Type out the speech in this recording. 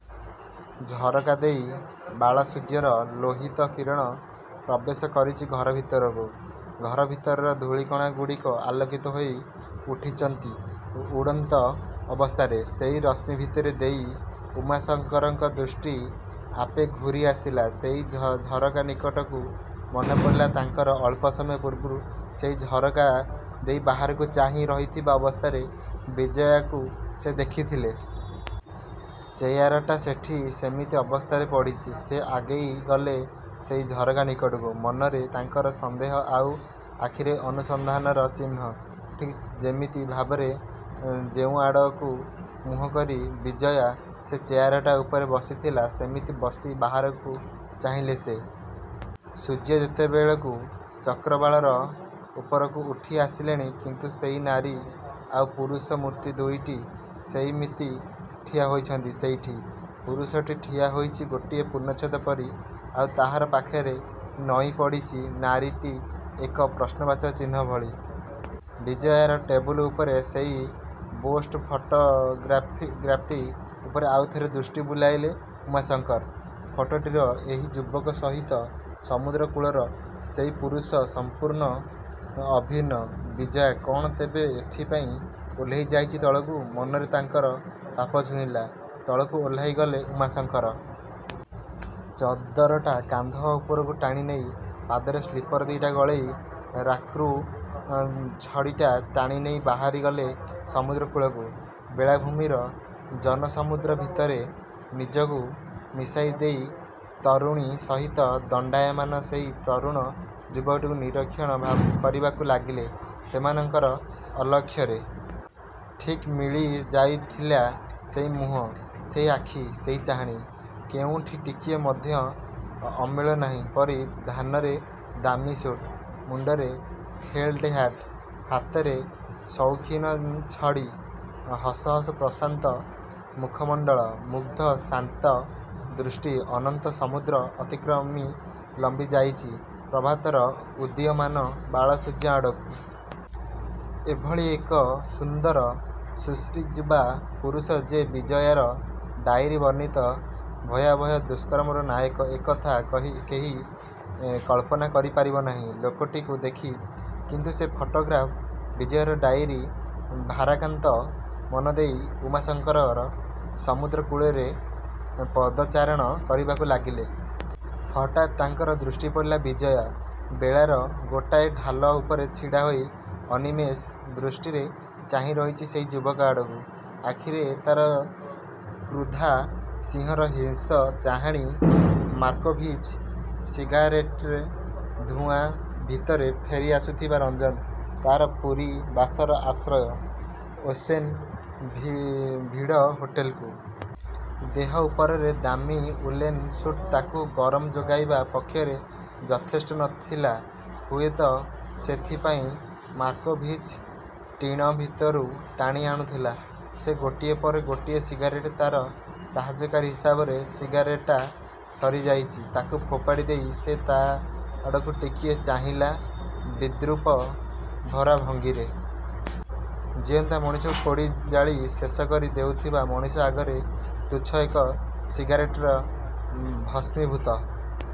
ଝରକା ଦେଇ ବାଳ ସୂର୍ଯ୍ୟର ଲୋହିତ କିରଣ ପ୍ରବେଶ କରିଚି ଘର ଭିତରକୁ। ଘର ଭିତରର ଧୂଳି କଣା ଗୁଡ଼ିକ ଆଲୋକିତ ହୋଇ ଉଠିଚନ୍ତି ଉଡ଼ନ୍ତ ଅବସ୍ଥାରେ। ସେଇ ରଶ୍ମୀ ଭିତର ଦେଇ ଉମାଶଙ୍କରଙ୍କ ଦୃଷ୍ଟି ଆପେ ଘୂରି ଆସିଲା ସେଇ ଝରକା ନିକଟକୁ। ମନେପଡ଼ିଲା ତାଙ୍କର ଅଳ୍ପ ସମୟ ପୂର୍ବରୁ ସେଇ ଝରକା ଦେଇ ବାହାରକୁ ଚାହିଁ ରହିଥିବା ଅବସ୍ଥାରେ ବିଜୟାକୁ ସେ ଦେଖିଥିଲେ। ଚେୟାରଟା ସେଠି ସେମିତି ଅବସ୍ଥାରେ ପଡ଼ିଚି। ସେ ଆଗେଇ ଗଲେ ସେଇ ଝରକା ନିକଟକୁ। ମନରେ ତାଙ୍କର ସନ୍ଦେହ ଆଉ ଆଖିରେ ଅନୁସନ୍ଧାନର ଚିହ୍ନ। ଠିକ୍ ଯେମିତି ଭାବରେ ଯେଉଁ ଆଡ଼କୁ ମୁହଁ କରି ବିଜୟା ସେ ଚେୟାରଟା ଉପରେ ବସିଥିଲା, ସେମିତି ବସି ବାହାରକୁ ଚାହିଁଲେ ସେ। ସୂର୍ଯ୍ୟ ଯେତେବେଳକୁ ଚକ୍ରବାଳର ଉପରକୁ ଉଠି ଆସିଲେଣି କିନ୍ତୁ ସେଇ ନାରୀ। ଆଉ ପୁରୁଷ ମୂର୍ତ୍ତି ଦୁଇଟି ସେଇମତି ଠିଆ ହୋଇଛନ୍ତି ସେଇଠି। ପୁରୁଷଟି ଠିଆ ହୋଇଚି ଗୋଟିଏ ପୂର୍ଣ୍ଣଚ୍ଛେଦ ପରି ଆଉ ତାହାର ପାଖରେ ନଇଁ ପଡ଼ିଚି ନାରୀଟି ଏକ ପ୍ରଶ୍ନବାଚକ ଚିହ୍ନ ଭଳି। ବିଜୟାର ଟେବୁଲ୍ ଉପରେ ସେଇ ବୋଷ୍ଟ ଫଟୋଗ୍ରାଫ୍ଟି ଉପରେ ଆଉଥରେ ଦୃଷ୍ଟି ବୁଲାଇଲେ ଉମାଶଙ୍କର। ଫଟୋଟିର ଏହି ଯୁବକ ସହିତ ସମୁଦ୍ର କୂଳର ସେଇ ପୁରୁଷ-ସଂପୂର୍ଣ୍ଣ ଅଭିନ୍ନ। ବିଜୟା କ'ଣ ତେବେ ଏଇଥିପାଇଁ ଓହ୍ଲେଇ ଯାଇଚି ତଳକୁ? ମନରେ ତାଙ୍କର ପାପ ଛୁଇଁଲା। ତଳକୁ ଓହ୍ଲାଇ ଗଲେ ଉମାଶଙ୍କର। ଚଦରଟା କାନ୍ଧ ଉପରକୁ ଟାଣି ନେଇ, ପାଦରେ ସ୍ଳିପର୍ ଦି'ଟା ଗଳେଇ, ରାକ୍ରୁ ଛଡ଼ିଟା ଟାଣି ନେଇ ବାହାରି ଗଲେ ସମୁଦ୍ର କୂଳକୁ। ବେଳାଭୂମିର ଜନ ସମୁଦ୍ର ଭିତରେ ନିଜକୁ ମିଶାଇ ଦେଇ ତରୁଣୀ ସହିତ ଦଣ୍ତାୟମାନ ସେଇ ତରୁଣ ଯୁବକଟିକୁ ନିରୀକ୍ଷଣ କରିବାକୁ ଲାଗିଲେ ସେମାନଙ୍କର ଅଲକ୍ଷରେ। ଠିକ୍ ମିଳି ଯାଉଥିଲା, ସେଇ ମୁହଁ, ସେଇ ଆଖି, ସେଇ ଚାହାଣି। କେଉଁଠି ଟିକିଏ ମଧ୍ୟ ଅମେଳ ନାହିଁ। ପରି ଧାନରେ ଦାମି ସୁଟ୍। ମୁଣ୍ତରେ felt hat. ହାତରେ ସୌଖିନ ଛଡ଼ି। ହସ ହସ ପ୍ରଶାନ୍ତ ମୁଖମଣ୍ତଳ। ମୁଗ୍ଧ, ଶାନ୍ତ ଦୃଷ୍ଟି, ଅନନ୍ତ ସମୁଦ୍ର ଅତିକ୍ରମି ଲମ୍ଵି ଯାଇଚି ପ୍ରଭାତର ଉଦୀୟମାନ ବାଳସୂର୍ଯ୍ୟ ଆଡ଼କୁ। ଏଭଳି ଏକ ସୁନ୍ଦର ସୁଶ୍ରୀଯୁବା ପୁରୁଷ ଯେ ବିଜୟାର ଡାଇରି ବର୍ଣ୍ଣିତ ଭୟାବହ ଦୁଷ୍କର୍ମର ନାୟକ ଏ କଥା କେହି କଳ୍ପନା କରି ପାରିବ ନାହିଁ ଲୋକଟିକୁ ଦେଖି। କିନ୍ତୁ ସେ ଫଟୋଗ୍ରାଫ…? ବିଜୟାର ଡାଇରୀ। ଭାରାକାନ୍ତ ମନ ଦେଇ ଉମାଶଙ୍କର ସମୁଦ୍ର କୂଳରେ ପଦଚାରଣ କରିବାକୁ ଲାଗିଲେ। ହଠାତ୍ ତାଙ୍କର ଦୃଷ୍ଟି ପଡ଼ିଲା—ବିଜୟା, ବେଳାର ଗୋଟାଏ ଢାଲ ଉପରେ ଛିଡ଼ା ହୋଇ ଅନିମେଷ ଦୃଷ୍ଟିରେ ଚାହିଁ ରହିଚି ସେଇ ଯୁବକ ଆଡ଼କୁ। ଆଖିରେ ତା'ର କ୍ରୁଦ୍ଧା ସିଂହର ହିଂସ୍ର ଚାହାଣି। ମାର୍କୋଭିଚ ସିଗାରେଟ୍ର ଧୂଆଁ ଭିତରେ ଫେରି ଆସୁଥିଲା ରଞ୍ଜନ, ତା'ର ପୁରୀ ବାସର ଆଶ୍ରୟ 'ଓସେନ୍ ଭିଉ' ହୋଟେଲକୁ। ଦେହ ଉପରରେ ଦାମୀ ଉଲେନ୍ ସୁଟ୍ ତାକୁ ଗରମ ଯୋଗାଇବା ପକ୍ଷରେ ଯଥେଷ୍ଟ ନଥିଲା ହୁଏତ, ସେଇଥିପାଇଁ ମାର୍କୋଭିଚ ଟିଣ ଭିତରୁ ଟାଣି ଆଣୁଥିଲା ସେ ଗୋଟିଏ ପରେ ଗୋଟିଏ ସିଗାରେଟ୍ ତା'ର ସାହାଯ୍ୟକାରୀ ହିସାବରେ। ସିଗାରେଟ୍ଟା ସରି ଯାଇଚି। ତାକୁ ଫୋପାଡ଼ି ଦେଇ ସେ ତା' ଆଡ଼କୁ ଟିକିଏ ଚାହିଁଲା ବିଦ୍ରୂପ ଭରା ଭଙ୍ଗିରେ। ଜିଅନ୍ତା ମଣିଷକୁ ପୋଡ଼ି ଜାଳି ଶେଷ କରି ଦେଇଥିବା ମଣିଷ ଆଗରେ ତୁଚ୍ଛ ଏକ ସିଗାରେଟ୍ର ଭସ୍ମିଭୂତ